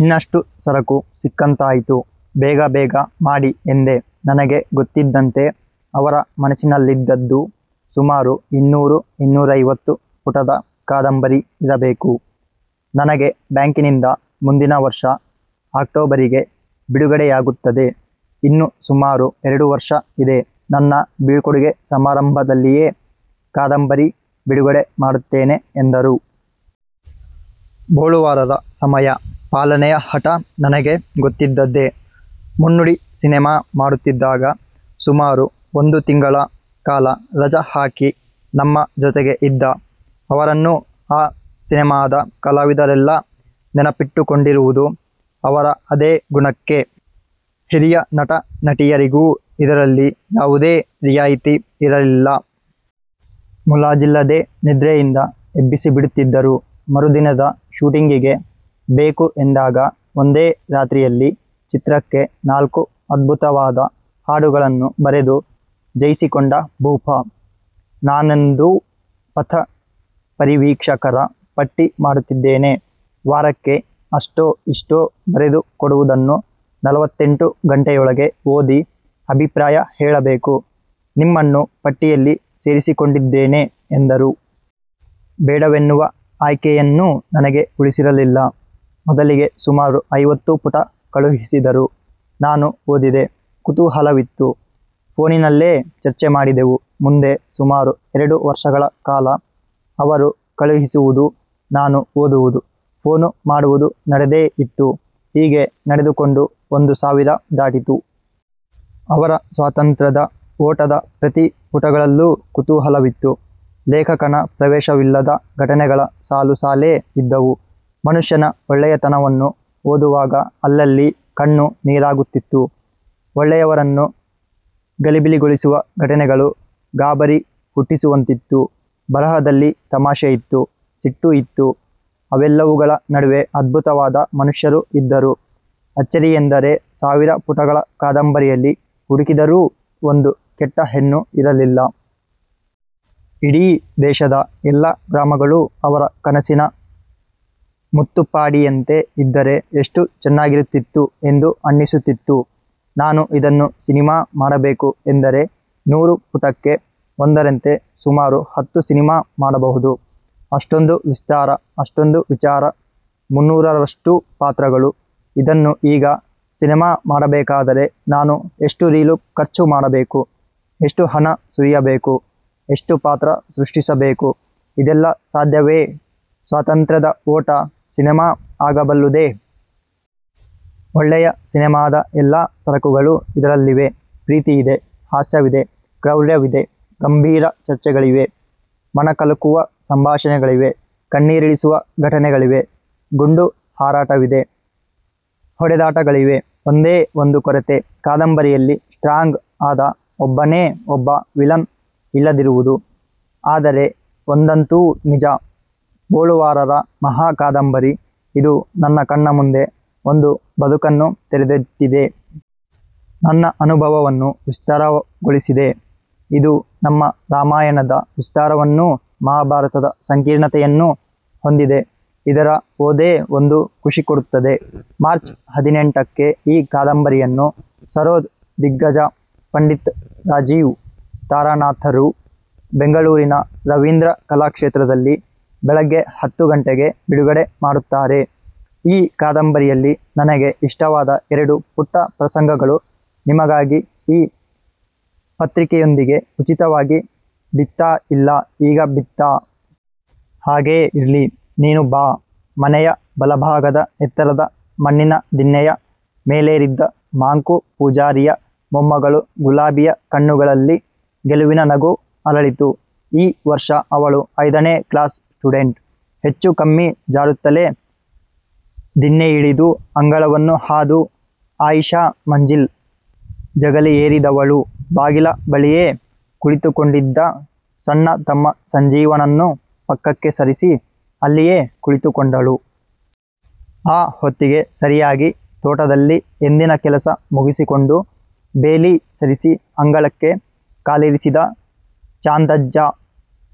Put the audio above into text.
ಇನ್ನಷ್ಟು ಸರಕು ಸಿಕ್ಕಂತಾಯಿತು ಬೇಗ ಬೇಗ ಮಾಡಿ' ಎಂದೆ. ನನಗೆ ಗೊತ್ತಿದ್ದಂತೆ ಅವರ ಮನಸ್ಸಿನಲ್ಲಿದ್ದದ್ದು ಸುಮಾರು ಇನ್ನೂರು ಇನ್ನೂರೈವತ್ತು ಪುಟದ ಕಾದಂಬರಿ ಇರಬೇಕು. ನನಗೆ ಬ್ಯಾಂಕಿನಿಂದ ಮುಂದಿನ ವರ್ಷ ಅಕ್ಟೋಬರಿಗೆ ಬಿಡುಗಡೆಯಾಗುತ್ತದೆ. ಇನ್ನು ಸುಮಾರು ಎರಡು ವರ್ಷ ಇದೆ. ನನ್ನ ಬೀಳ್ಕೊಡುಗೆ ಸಮಾರಂಭದಲ್ಲಿಯೇ ಕಾದಂಬರಿ ಬಿಡುಗಡೆ ಮಾಡುತ್ತೇನೆ ಎಂದರು. ಬೊಳುವಾರರ ಸಮಯ ಪಾಲನೆಯ ಹಠ ನನಗೆ ಗೊತ್ತಿದ್ದದ್ದೇ. ಮುನ್ನುಡಿ ಸಿನೆಮಾ ಮಾಡುತ್ತಿದ್ದಾಗ ಸುಮಾರು ಒಂದು ತಿಂಗಳ ಕಾಲ ರಜ ಹಾಕಿ ನಮ್ಮ ಜೊತೆಗೆ ಇದ್ದ ಅವರನ್ನು ಆ ಸಿನೆಮಾದ ಕಲಾವಿದರೆಲ್ಲ ನೆನಪಿಟ್ಟುಕೊಂಡಿರುವುದು ಅವರ ಅದೇ ಗುಣಕ್ಕೆ. ಹಿರಿಯ ನಟ ನಟಿಯರಿಗೂ ಇದರಲ್ಲಿ ಯಾವುದೇ ರಿಯಾಯಿತಿ ಇರಲಿಲ್ಲ. ಮುಲಾಜಿಲ್ಲದೆ ನಿದ್ರೆಯಿಂದ ಎಬ್ಬಿಸಿಬಿಡುತ್ತಿದ್ದರು. ಮರುದಿನದ ಶೂಟಿಂಗಿಗೆ ಬೇಕು ಎಂದಾಗ ಒಂದೇ ರಾತ್ರಿಯಲ್ಲಿ ಚಿತ್ರಕ್ಕೆ ನಾಲ್ಕು ಅದ್ಭುತವಾದ ಹಾಡುಗಳನ್ನು ಬರೆದು ಜೈಸಿಕೊಂಡ ಭೂಪ. ನಾನೊಂದು ಪಥ ಪರಿವೀಕ್ಷಕರ ಪಟ್ಟಿ ಮಾಡುತ್ತಿದ್ದೇನೆ. ವಾರಕ್ಕೆ ಅಷ್ಟೋ ಇಷ್ಟೋ ಬರೆದು ಕೊಡುವುದನ್ನು ನಲವತ್ತೆಂಟು ಗಂಟೆಯೊಳಗೆ ಓದಿ ಅಭಿಪ್ರಾಯ ಹೇಳಬೇಕು. ನಿಮ್ಮನ್ನು ಪಟ್ಟಿಯಲ್ಲಿ ಸೇರಿಸಿಕೊಂಡಿದ್ದೇನೆ ಎಂದರು. ಬೇಡವೆನ್ನುವ ಆಯ್ಕೆಯನ್ನೂ ನನಗೆ ಉಳಿಸಿರಲಿಲ್ಲ. ಮೊದಲಿಗೆ ಸುಮಾರು ಐವತ್ತು ಪುಟ ಕಳುಹಿಸಿದರು. ನಾನು ಓದಿದೆ. ಕುತೂಹಲವಿತ್ತು. ಫೋನಿನಲ್ಲೇ ಚರ್ಚೆ ಮಾಡಿದೆವು. ಮುಂದೆ ಸುಮಾರು ಎರಡು ವರ್ಷಗಳ ಕಾಲ ಅವರು ಕಳುಹಿಸುವುದು ನಾನು ಓದುವುದು, ಫೋನು ಮಾಡುವುದು ನಡೆದೇ ಇತ್ತು. ಹೀಗೇ ನಡೆದುಕೊಂಡು ಬಂದು ಸಾವಿರ ದಾಟಿತು. ಅವರ ಸ್ವಾತಂತ್ರ್ಯದ ಓಟದ ಪ್ರತಿ ಪುಟಗಳಲ್ಲೂ ಕುತೂಹಲವಿತ್ತು. ಲೇಖಕನ ಪ್ರವೇಶವಿಲ್ಲದ ಘಟನೆಗಳ ಸಾಲು ಸಾಲೇ ಇದ್ದವು. ಮನುಷ್ಯನ ಒಳ್ಳೆಯತನವನ್ನು ಓದುವಾಗ ಅಲ್ಲಲ್ಲಿ ಕಣ್ಣು ನೀರಾಗುತ್ತಿತ್ತು. ಒಳ್ಳೆಯವರನ್ನು ಗಲಿಬಿಲಿಗೊಳಿಸುವ ಘಟನೆಗಳು ಗಾಬರಿ ಹುಟ್ಟಿಸುವಂತಿತ್ತು. ಬರಹದಲ್ಲಿ ತಮಾಷೆಯಿತ್ತು, ಸಿಟ್ಟು ಇತ್ತು, ಅವೆಲ್ಲವುಗಳ ನಡುವೆ ಅದ್ಭುತವಾದ ಮನುಷ್ಯರು ಇದ್ದರು. ಅಚ್ಚರಿಯೆಂದರೆ ಸಾವಿರ ಪುಟಗಳ ಕಾದಂಬರಿಯಲ್ಲಿ ಹುಡುಕಿದರೂ ಒಂದು ಕೆಟ್ಟ ಹೆಣ್ಣು ಇರಲಿಲ್ಲ. ಇಡೀ ದೇಶದ ಎಲ್ಲ ಗ್ರಾಮಗಳೂ ಅವರ ಕನಸಿನ ಮುತ್ತುಪ್ಪಾಡಿಯಂತೆ ಇದ್ದರೆ ಎಷ್ಟು ಚೆನ್ನಾಗಿರುತ್ತಿತ್ತು ಎಂದು ಅನ್ನಿಸುತ್ತಿತ್ತು. ನಾನು ಇದನ್ನು ಸಿನಿಮಾ ಮಾಡಬೇಕು ಎಂದರೆ ನೂರು ಪುಟಕ್ಕೆ ಒಂದರಂತೆ ಸುಮಾರು ಹತ್ತು ಸಿನಿಮಾ ಮಾಡಬಹುದು. ಅಷ್ಟೊಂದು ವಿಸ್ತಾರ, ಅಷ್ಟೊಂದು ವಿಚಾರ, ಮುನ್ನೂರರಷ್ಟು ಪಾತ್ರಗಳು. ಇದನ್ನು ಈಗ ಸಿನೆಮಾ ಮಾಡಬೇಕಾದರೆ, ನಾನು ಎಷ್ಟು ರೀಲು ಖರ್ಚು ಮಾಡಬೇಕು, ಎಷ್ಟು ಹಣ ಸುರಿಯಬೇಕು, ಎಷ್ಟು ಪಾತ್ರ ಸೃಷ್ಟಿಸಬೇಕು ಇದೆಲ್ಲ ಸಾಧ್ಯವೇ ಸ್ವಾತಂತ್ರ್ಯದ ಓಟ ಸಿನೆಮಾ ಆಗಬಲ್ಲುದೆ? ಒಳ್ಳೆಯ ಸಿನೆಮಾದ ಎಲ್ಲ ಸರಕುಗಳೂ ಇದರಲ್ಲಿವೆ. ಪ್ರೀತಿಯಿದೆ, ಹಾಸ್ಯವಿದೆ, ಕ್ರೌರ್ಯವಿದೆ, ಗಂಭೀರ ಚರ್ಚೆಗಳಿವೆ, ಮನಕಲಕುವ ಸಂಭಾಷಣೆಗಳಿವೆ. ಕಣ್ಣೀರಿಳಿಸುವ ಘಟನೆಗಳಿವೆ. ಗುಂಡು ಹಾರಾಟವಿದೆ. ಹೊಡೆದಾಟಗಳಿವೆ. ಒಂದೇ ಒಂದು ಕೊರತೆ ಕಾದಂಬರಿಯಲ್ಲಿ ಸ್ಟ್ರಾಂಗ್ ಆದ ಒಬ್ಬನೇ ಒಬ್ಬ ವಿಲನ್ ಇಲ್ಲದಿರುವುದು, ಆದರೆ ಒಂದಂತೂ ನಿಜ. ಬೊಳುವಾರರ ಮಹಾ ಕಾದಂಬರಿ ಇದು ನನ್ನ ಕಣ್ಣ ಮುಂದೆ ಒಂದು ಬದುಕನ್ನು ತೆರೆದಿಟ್ಟಿದೆ. ನನ್ನ ಅನುಭವವನ್ನು ವಿಸ್ತಾರಗೊಳಿಸಿದೆ. ಇದು ನಮ್ಮ ರಾಮಾಯಣದ ವಿಸ್ತಾರವನ್ನೂ, ಮಹಾಭಾರತದ ಸಂಕೀರ್ಣತೆಯನ್ನೂ ಹೊಂದಿದೆ. ಇದರ ಓದೇ ಒಂದು ಖುಷಿ ಕೊಡುತ್ತದೆ. ಮಾರ್ಚ್ ಹದಿನೆಂಟಕ್ಕೆ ಈ ಕಾದಂಬರಿಯನ್ನು ಸರೋದ್ ದಿಗ್ಗಜ ಪಂಡಿತ್ ರಾಜೀವ್ ತಾರಾನಾಥರು ಬೆಂಗಳೂರಿನ ರವೀಂದ್ರ ಕಲಾಕ್ಷೇತ್ರದಲ್ಲಿ ಬೆಳಗ್ಗೆ ಹತ್ತು ಗಂಟೆಗೆ ಬಿಡುಗಡೆ ಮಾಡುತ್ತಾರೆ. ಈ ಕಾದಂಬರಿಯಲ್ಲಿ ನನಗೆ ಇಷ್ಟವಾದ ಎರಡು ಪುಟ್ಟ ಪ್ರಸಂಗಗಳು ನಿಮಗಾಗಿ, ಈ ಪತ್ರಿಕೆಯೊಂದಿಗಿ ಉಚಿತವಾಗಿ ಬಿತ್ತಾ ಇಲ್ಲ 'ಈಗ ಬಿತ್ತಾ? ಹಾಗೇ ಇರ್ಲಿ, ನೀನು ಬಾ. ಮನೆಯ ಬಲಭಾಗದ ಎತ್ತರದ ಮಣ್ಣಿನ ದಿನ್ನೆಯ ಮೇಲೇರಿದ್ದ ಮಾಂಕು ಪೂಜಾರಿಯ ಮೊಮ್ಮಗಳು ಗುಲಾಬಿಯ ಕಣ್ಣುಗಳಲ್ಲಿ ಗೆಲುವಿನ ನಗು ಅರಳಿತು. ಈ ವರ್ಷ ಅವಳು ಐದನೇ ಕ್ಲಾಸ್ ಸ್ಟೂಡೆಂಟ್. ಹೆಚ್ಚು ಕಮ್ಮಿ ಜಾರುತ್ತಲೇ ದಿನ್ನೆಯಿಳಿದು ಅಂಗಳವನ್ನು ಹಾದು 'ಆಯಿಷಾ ಮಂಜಿಲ್' ಜಗಲಿಯೇರಿದವಳು ಬಾಗಿಲ ಬಳಿಯೇ ಕುಳಿತುಕೊಂಡಿದ್ದ ಸಣ್ಣತಮ್ಮ ಸಂಜೀವನನ್ನು ಪಕ್ಕಕ್ಕೆ ಸರಿಸಿ ಅಲ್ಲಿಯೇ ಕುಳಿತುಕೊಂಡಳು. ಆ ಹೊತ್ತಿಗೆ ಸರಿಯಾಗಿ ತೋಟದಲ್ಲಿ ಎಂದಿನ ಕೆಲಸ ಮುಗಿಸಿಕೊಂಡು ಬೇಲಿ ಸರಿಸಿ ಅಂಗಳಕ್ಕೆ ಕಾಲಿರಿಸಿದ ಚಾಂದಜ್ಜ,